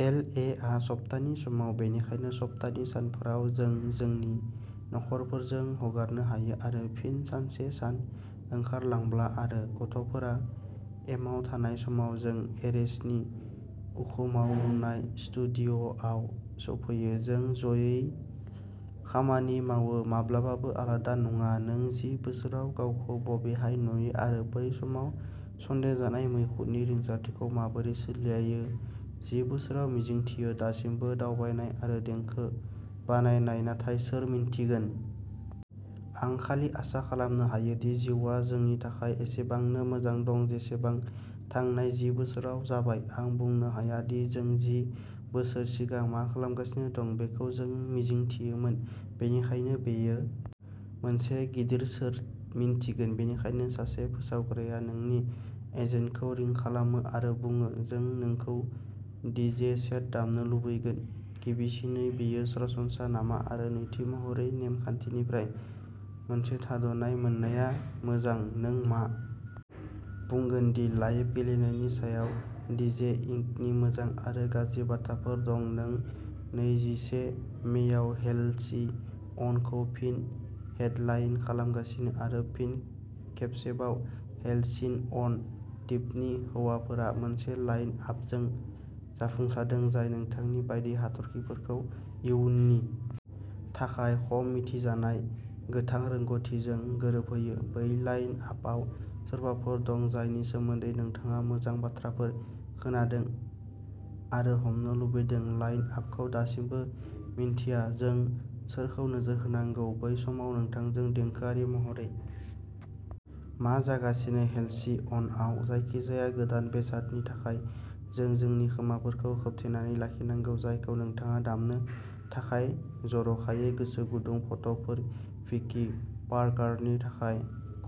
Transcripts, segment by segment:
L A आ सप्तानि समाव बेनिखायनो सप्तानि सानफोराव जों जोंनि नखरफोरजों हगारनो हायो आरो फिन सानसे सान ओंखारलांब्ला आरो गथ'फोरा एमाव थानाय समाव जों एरेजनि उखुमाव लुनाय स्टुडिय'आव सौफैयो जों जयै खामानि मावो माब्लाबाबो आलादा नङा नों जि बोसोराव गावखौ बबेहाय नुयो आरो बै समाव सन्देरजानाय मैखुननि रिंसारथिखौ माबोरै सोलायो जि बोसोराव मिजिंथियो दासिमबो दावबायनाय आरो देंखो बानायनाय नाथाय सोर मिन्थिगोन! आं खालि आसा खालामनो हायो दि जिउआ जोंनि थाखाय एसेबांनो मोजां दं जेसेबां थांनाय जि बोसोराव जाबाय आं बुंनो हाया दि जों जि बोसोर सिगां मा खालामगासिनो दं बेखौ जों मिजिंथियोमोन बेनिखायनो बेयो मोनसे गिदिर'सोर मिन्थिगोन बेनिखायनो सासे फोसावग्राया नोंनि एजेन्टखौ रिं खालामो आरो बुङो जों नोंखौ डीजे सेट दामनो लुबैगोन गिबिसिनै बेयो सरासनस्रा नामा आरो नैथि महरै नेम खान्थिनिफ्राय मोनसे थाद'नाय मोननाया मोजां नों मा बुंगोन दि लाइभ गेलेनायनि सायाव डीजेइंगनि मोजां आरो गाज्रि बाथ्राफोर दं नों नैजिसे मेआव हेलसिअनखौ फिन हेडलाइन खालामगासिनो आरो फिन खेबसेबाव हेलसिअन दिपनि हौवाफोरा मोनसे लाइन आपजों जाफुंसारदों जाय नोंथांनि बायदि हाथरखिफोरखौ इयुननि थाखाय खम मिथिजानाय गोथां रोंग'थिजों गोरोबहोयो बै लाइन आपआव सोरबाफोर दं जायनि सोमोन्दै नोंथाङा मोजां बाथ्राफोर खोनादों आरो हमनो लुबैदों लाइन आपखौ दासिमबो मिन्थिया जों सोरखौ नोजोर होनांगौ बे समाव नोंथांजों देंखोआरि महरै मा जागासिनो हेलसिअनआव जायखिजाया गोदान बेसादनि थाखाय जों जोंनि खोमाफोरखौ खोबथेनानै लाखिनांगौ जायखौ नोंथाङा दामनो थाखाय जर'खायै गोसो गुदुं फट'फोर भिकि पार्कारनि थाखाय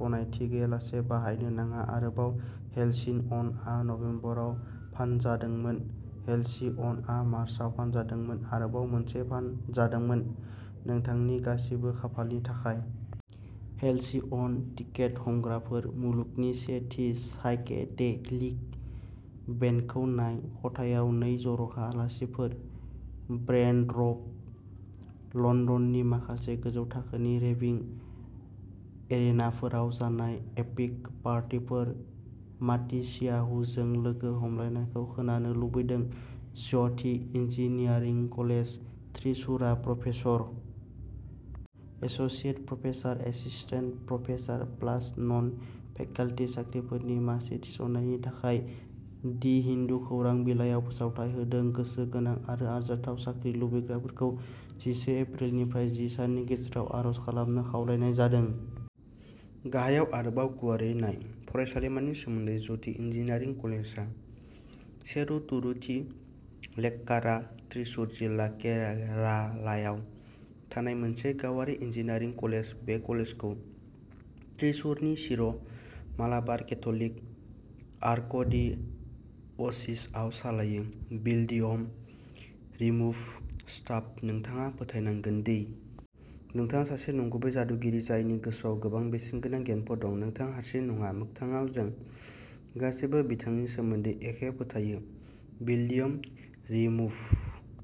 गनायथि गैयालासे बाहायनो नाङा आरोबाव हेलसिअनआ नबेम्बराव फानजादोंमोन हेलसिअनआ मार्चआव फानजादोंमोन आरोबाव मोनसे फानजादोंमोन नोंथांनि गासिबो खाफालनि थाखाय! हेलसिअन टिकेट हमग्राफोर! मुलुगनि से थि साइकेडेलिक बेन्डखौ नाय खथायाव नै जर'खा आलासिफोर ब्रेन्ड्रप लन्दननि माखासे गोजौ थाखोनि रेभिं एरेनाफोराव जानाय एपिक पार्टीफोर माटिसियाहुजों लोगो हमलायनायखौ खोनानो लुबैदों ज्य'थि इन्जिनियारिं कलेज थ्रिसुरा professor associate professor assistant professor plus non faculty साख्रिफोरनि मासि थिसननायनि थाखाय दि हिन्दु खौरां बिलाइयाव फोसावथाइ होदों गोसो गोनां आरो आरजाथाव साख्रि लुबैग्राफोरखौ जिसे एप्रिल निफ्राय जि साननि गेजेराव आर'ज खालामनो खावलायनाय जादों गाहायाव आरोबाव गुवारै नाय फरायसालिमानि सोमोन्दै ज्य'ति इन्जिनियारिं कलेजआ चेरुतुरुथि चेलक्कारा थ्रिसुर जिल्ला केरालायाव थानाय मोनसे गावारि इन्जिनियारिं कलेज बे कलेजखौ थ्रिसुरनि सिर' मालाबार केथ'लिक आर्कडिअसिसआ सालायो बिल्डियम रिमुभ स्टाफ नोंथाङा फोथायनांगोन दि नोंथाङा सासे नंगुबै जादुगिरि जायनि गोसोआव गोबां बेसेनगोनां गियानफोर दं नोंथाङा हारसिङै नङा मोगथाङाव जों गासैबो बिथांनि सोमोन्दै एखे फोथायो बिल्डियम रिमुभ